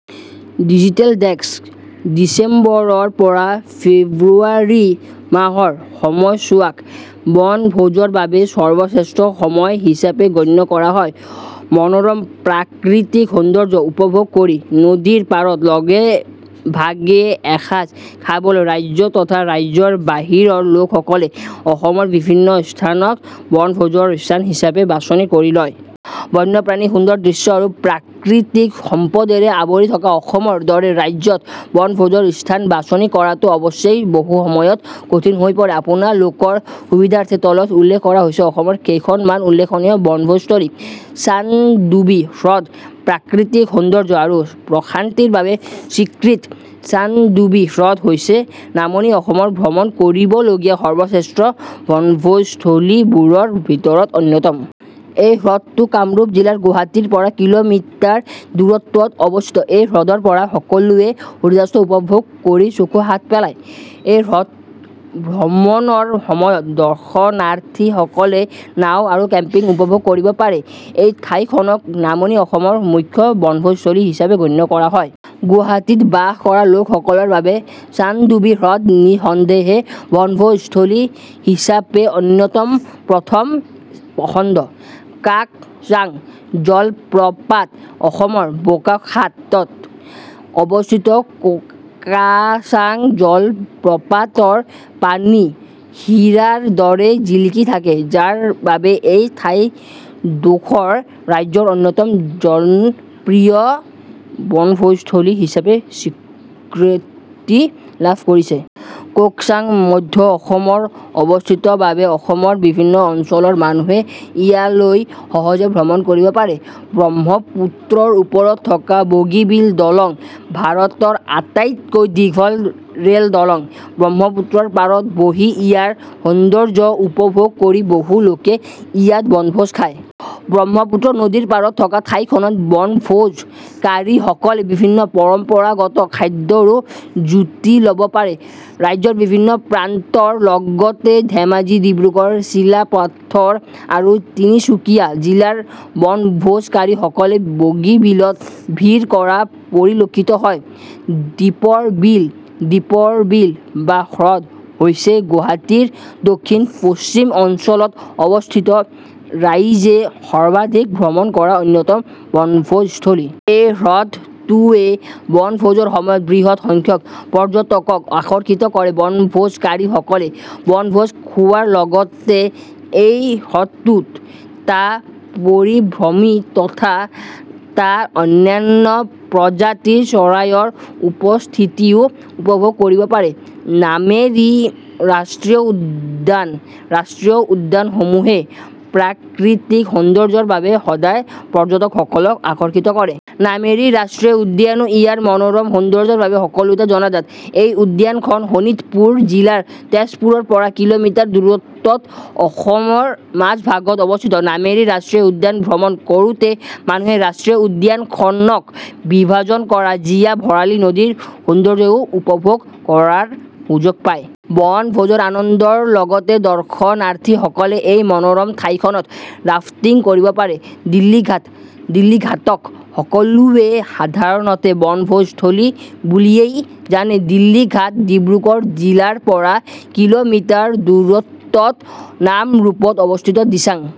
Digital desk: ডিচেম্বৰৰ পৰা ফেব্ৰুৱাৰী মাহৰ সময়ছোৱাক বনভোজৰ বাবে সৰ্বশ্ৰেষ্ঠ সময় হিচাপে গণ্য কৰা হয়। মনোৰম প্ৰাকৃতিক সৌন্দৰ্য উপভোগ কৰি নদীৰ পাৰত লগে-ভাগে এসাজ খাবলৈ ৰাজ্য তথা ৰাজ্যৰ বাহিৰৰ লোকসকলে অসমৰ বিভিন্ন স্থানক বনভোজৰ স্থান হিচাপে বাছনি কৰি লয়। বন্যপ্ৰাণী, সুন্দৰ দৃশ্য আৰু প্ৰাকৃতিক সম্পদেৰে আৱৰি থকা অসমৰ দৰে ৰাজ্যত বনভোজৰ স্থান বাছনি কৰাটো অৱশ্যে বহুসময়ত কঠিন হৈ পৰে। আপোনালোকৰ সুবিধাৰ্থে তলত উল্লেখ কৰা হৈছে অসমৰ কেইখনমান উল্লেখনীয় বনভোজস্থলী- চানডুবি হ্ৰদ প্ৰাকৃতিক সৌন্দৰ্য আৰু প্ৰশান্তিৰ বাবে স্বীকৃত চানডুবি হ্ৰদ হৈছে নামনি অসমৰ ভ্ৰমণ কৰিবলগীয়া সৰ্বশ্ৰেষ্ঠ বনভোজস্থলীবোৰৰ ভিতৰত অন্যতম। এই হ্ৰদটো কামৰূপ জিলাৰ গুৱাহাটীৰ পৰা কিলোমিটাৰ দূৰত্বত অৱস্থিত। এই হ্ৰদৰ পৰা সকলোয়ে সূৰ্যাস্ত উপভোগ কৰি চকু শাত পেলায়। এই হ্ৰদ ভ্ৰমণৰ সময়ত দৰ্শনাৰ্থীসকলে নাও আৰু কেম্পিং উপভোগ কৰিব পাৰে। এই ঠাইখনক নামনি অসমৰ মুখ্য বনভোজস্থলী হিচাপে গণ্য কৰা হয়। গুৱাহাটীত বাস কৰা লোকসকলৰ বাবে চানডুবি হ্ৰদ নি:সন্দেহে বনভোজস্থলী হিচাপে অন্যতম প্ৰথম পছন্দ। কাকচাং জলপ্ৰপাত অসমৰ বোকাখাতত অৱস্থিত কোকাচাং জলপ্ৰপাতৰ পানী হীৰাৰ দৰে জিলিকি থাকে। যাৰ বাবে এই ঠাইডোখৰ ৰাজ্যৰ অন্যতম জনপ্ৰিয় বনভোজস্থলী হিচাপে স্বীকৃতি লাভ কৰিছে। কোকচাং মধ্য অসমৰ অৱস্থিত বাবে অসমৰ বিভিন্ন অঞ্চলৰ মানুহে ইয়ালৈ সহজে ভ্ৰমণ কৰিব পাৰে। ব্ৰহ্মপুত্ৰৰ ওপৰত থকা বগীবিল দলং ভাৰতৰ আটাইতকৈ দীঘল ৰেলদলং। ব্ৰহ্মপুত্ৰৰ পাৰত বহি ইয়াৰ সৌন্দৰ্য উপভোগ কৰি বহু লোকে ইয়াত বনভোজ খায়। ব্ৰহ্মপুত্ৰ নদীৰ পাৰত থকা ঠাইখনত বনভোজকাৰীসকলে বিভিন্ন পৰম্পৰাগত খাদ্যৰো জুতি লব পাৰে। ৰাজ্যৰ বিভিন্ন প্ৰান্তৰ লগতে ধেমাজি, ডিব্ৰুগড়, চিলাপাথৰ আৰু তিনিচুকীয়া জিলাৰ বনভোজকাৰীসকলে বগীবিলত ভিৰ কৰা পৰিলক্ষিত হয়। দীপৰ বিল দীপৰ বিল বা হ্ৰদ হৈছে গুৱাহাটীৰ দক্ষিণ-পশ্চিম অঞ্চলত অৱস্থিত ৰাইজে সৰ্বাধিক ভ্ৰমণ কৰা অন্যতম বনভোজস্থলী। এই হ্ৰদটোৱে বনভোজৰ সময়ত বৃহৎ সংখ্যক পৰ্যটকক আকৰ্ষিত কৰে। বনভোজকাৰীসকলে বনভোজ খোৱাৰ লগতে এই হ্ৰদটোত টা পৰিভ্ৰমী তথা টা অন্যান্য প্ৰজাতিৰ চৰাইৰ উপস্থিতিও উপভোগ কৰিব পাৰে। নামেৰী ৰাষ্ট্ৰীয় উদ্যান ৰাষ্ট্ৰীয় উদ্যানসমূহে প্ৰাকৃতিক সৌন্দৰ্যৰ বাবে সদায় পৰ্যটকসকলক আকৰ্ষিত কৰে। নামেৰী ৰাষ্ট্ৰীয় উদ্যানো ইয়াৰ মনোৰম সৌন্দৰ্যৰ বাবে সকলোতে জনাজাত। এই উদ্যানখন শোণিতপুৰ জিলাৰ তেজপুৰৰ পৰা কিলোমিটাৰ দূৰত্বত অসমৰ মাজভাগত অৱস্থিত। নামেৰী ৰাষ্ট্ৰীয় উদ্যান ভ্ৰমণ কৰোতে মানুহে ৰাষ্ট্ৰীয় উদ্যানখনক বিভাজন কৰা জীয়া ভৰালী নদীৰ সৌন্দৰ্যও উপভোগ কৰাৰ সুযোগ পায়। বনভোজৰ আনন্দৰ লগতে দৰ্শনাৰ্থীসকলে এই মনোৰম ঠাইখনত ৰাফ্টিঙো কৰিব পাৰে। দিল্লী ঘাট দিল্লী ঘাটক সকলোৱে সাধাৰণতে বনভোজস্থলী বুলিয়েই জানে। দিল্লী ঘাট ডিব্ৰুগড় জিলাৰ পৰা কিলোমিটাৰ দূৰত্বত নামৰূপত অৱস্থিত। দিচাং